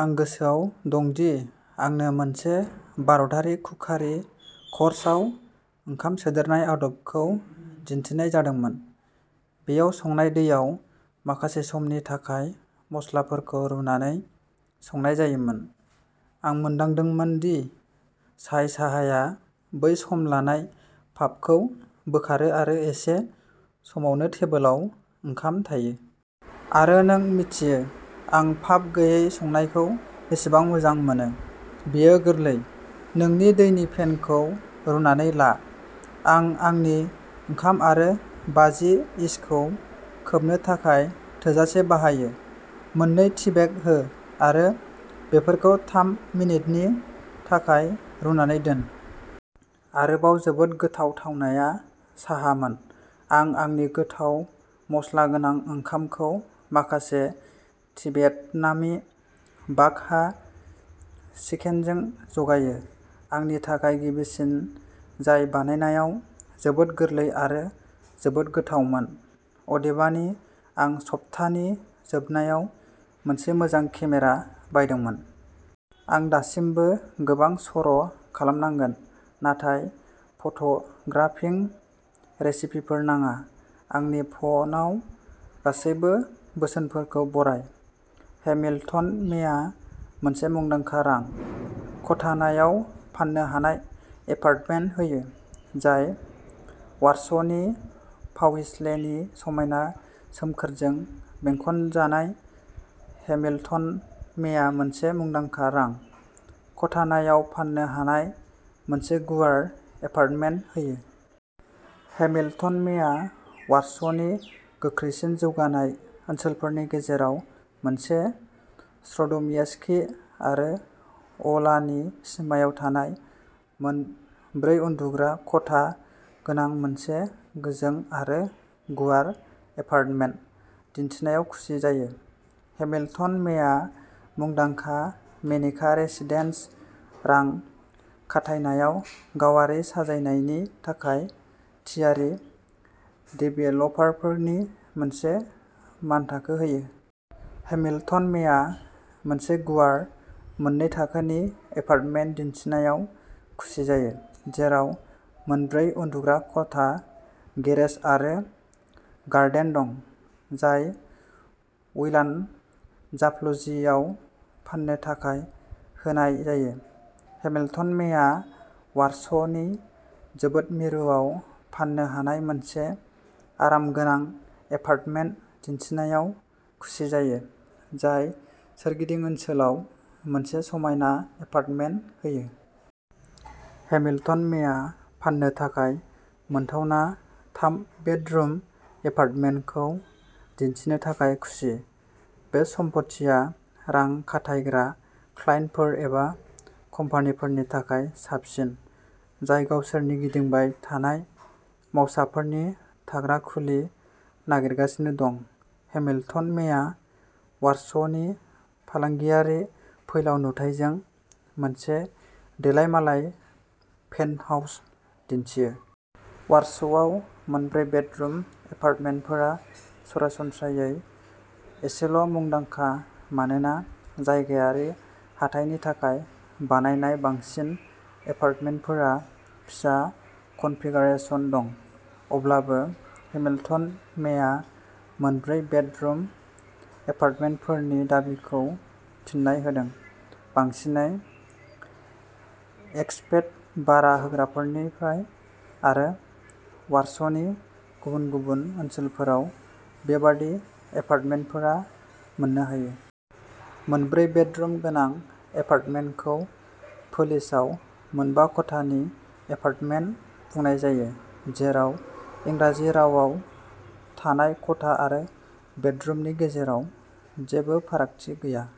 आं गोसोआव दं दि, आंनो मोनसे भारतारि कुकारि कर्सआव ओंखाम सोदेरनाय आदबखौ दिन्थिनाय जादोंमोन। बेयाव संनाय दैयाव माखासे समनि थाखाय मस्लाफोरखौ रुनानै संनाय जायोमोन। आं मोनदांदोंमोन दि चाय साहाया बै सम लानाय फाफखौ बोखारो आरो एसे समावनो टेबोलाव ओंखाम थायो। आरो नों मिन्थियो आं फाफ गैयै संनायखौ बेसेबां मोजां मोनो! बेयो गोरलै। नोंनि दैनि पेनखौ रुनानै ला। आं आंनि ओंखाम आरो बाजि इशखौ खोबनो थाखाय थोजासे बाहायो। मोननै टीबेग हो आरो बेफोरखौ थाम मिनिटनि थाखाय रुनानै दोन। आरोबाव जोबोद गोथाव थावनाया साहामोन! आं आंनि गोथाव मस्ला गोनां ओंखामखौ माखासे तिभेटनामी बाक हा चिकेनजों जगायो। आंनि थाखाय गिबिसिन जाय बानायनायाव जोबोद गोरलै आरो जोबोद गोथावमोन! अदेबानि आं सप्तानि जोबनायाव मोनसे मोजां केमेरा बायदोंमोन! आं दासिमबो गोबां सर'खालामनांगोन, नाथाय फट'ग्राफिं रेसिपिफोर नाङा। आंनि फ'नाव। गासैबो बोसोनफोरखौ बराय! हेमिल्टन मेया मोनसे मुंदांखा रां खाथायनायाव फान्नो हानाय एपार्टमेन्ट होयो, जाय वारस'नि पाविस्लेनि समायना सोमखोरजों बेंखनजानाय। हेमिल्टन मेया मोनसे मुंदांखा रां ख'थायनायाव फान्नो हानाय मोनसे गुवार एपार्टमेन्ट होयो। हेमिल्टन मेया वारस'नि गोख्रैसिन जौगानाय ओनसोलफोरनि गेजेराव मोनसे श्र'डमिएस्कि आरो व'लानि सिमायाव थानाय मोन ब्रै उन्दुग्रा खथा गोनां मोनसे गोजों आरो गुवार एपार्टमेन्ट दिनथिनायाव खुसि जायो। हेमिल्टन मेया मुंदांखा मेनिका रेसिडेन्स रां खाथायनायाव गावारि साजायनायनि थाखाय थियारि देभेलपारफोरनि मोनसे मानथाखो होयो। हेमिल्टन मेया मोनसे गुवार, मोननै-थाखोनि एपार्टमेन्ट दिनथिनायाव खुसि जायो, जेराव मोनब्रै उन्दुग्रा खथा, गेरेज आरो गार्डेन दं, जाय विलान'- जाप्ल'चिआव फान्नो थाखाय होनाय जायो। हेमिल्टन मेया वारस'नि जोबोद मिरुआव फान्नो हानाय मोनसे आरामगोनां एपार्टमेन्ट दिनथिनायाव खुसि जायो, जाय सोरगिदिं ओनसोलाव मोनसे समायना एपार्टमेन्ट होयो। हेमिल्टन मेया फान्नो थाखाय मोनथावना थाम बेडरुम एपार्टमेन्टखौ दिन्थिनो थाखाय खुसि। बे सम्फथिया रां खाथायग्रा क्लाइन्टफोर एबा कम्पानिफोरनि थाखाय साबसिन, जाय गावसोरनि गिदिंबाय थानाय मावसाफोरनि थाग्रा खुलि नागिरगासिनो दं। हेमिल्टन मेआ वारस'नि फालांगियारि फैलाव नुथायजों मोनसे देलायमालाय पेन्टहाउस दिन्थियो। वारस'आव मोनब्रै बेडरुम एपार्टमेन्टफोरा सरासनस्रायै एसेल'मुंदांखा, मानोना जायगायारि हाथाइनि थाखाय बानायनाय बांसिन एपार्टमेन्टफोरा फिसा कनफिगारेशन दं। अब्लाबो, हेमिल्टन मेआ मोनब्रै बेडरुम एपार्टमेन्टफोरनि दाबिखौ फिन्नाय होदों, बांसिनै एक्सपेट भारा होग्राफोरनिफ्राय, आरो वारस'नि गुबुन गुबुन ओनसोलफोराव बेबादि एपार्टमेन्टफोरा मोननो हायो। मोनब्रै बेडरुम गोनां एपार्टमेन्टखौ पोलिशआव मोनबा खथानि एपार्टमेन्ट बुंनाय जायो, जेराव इंराजि रावाव थानाय खथा आरो बेडरुमनि गेजेराव जेबो फारागथि गैया।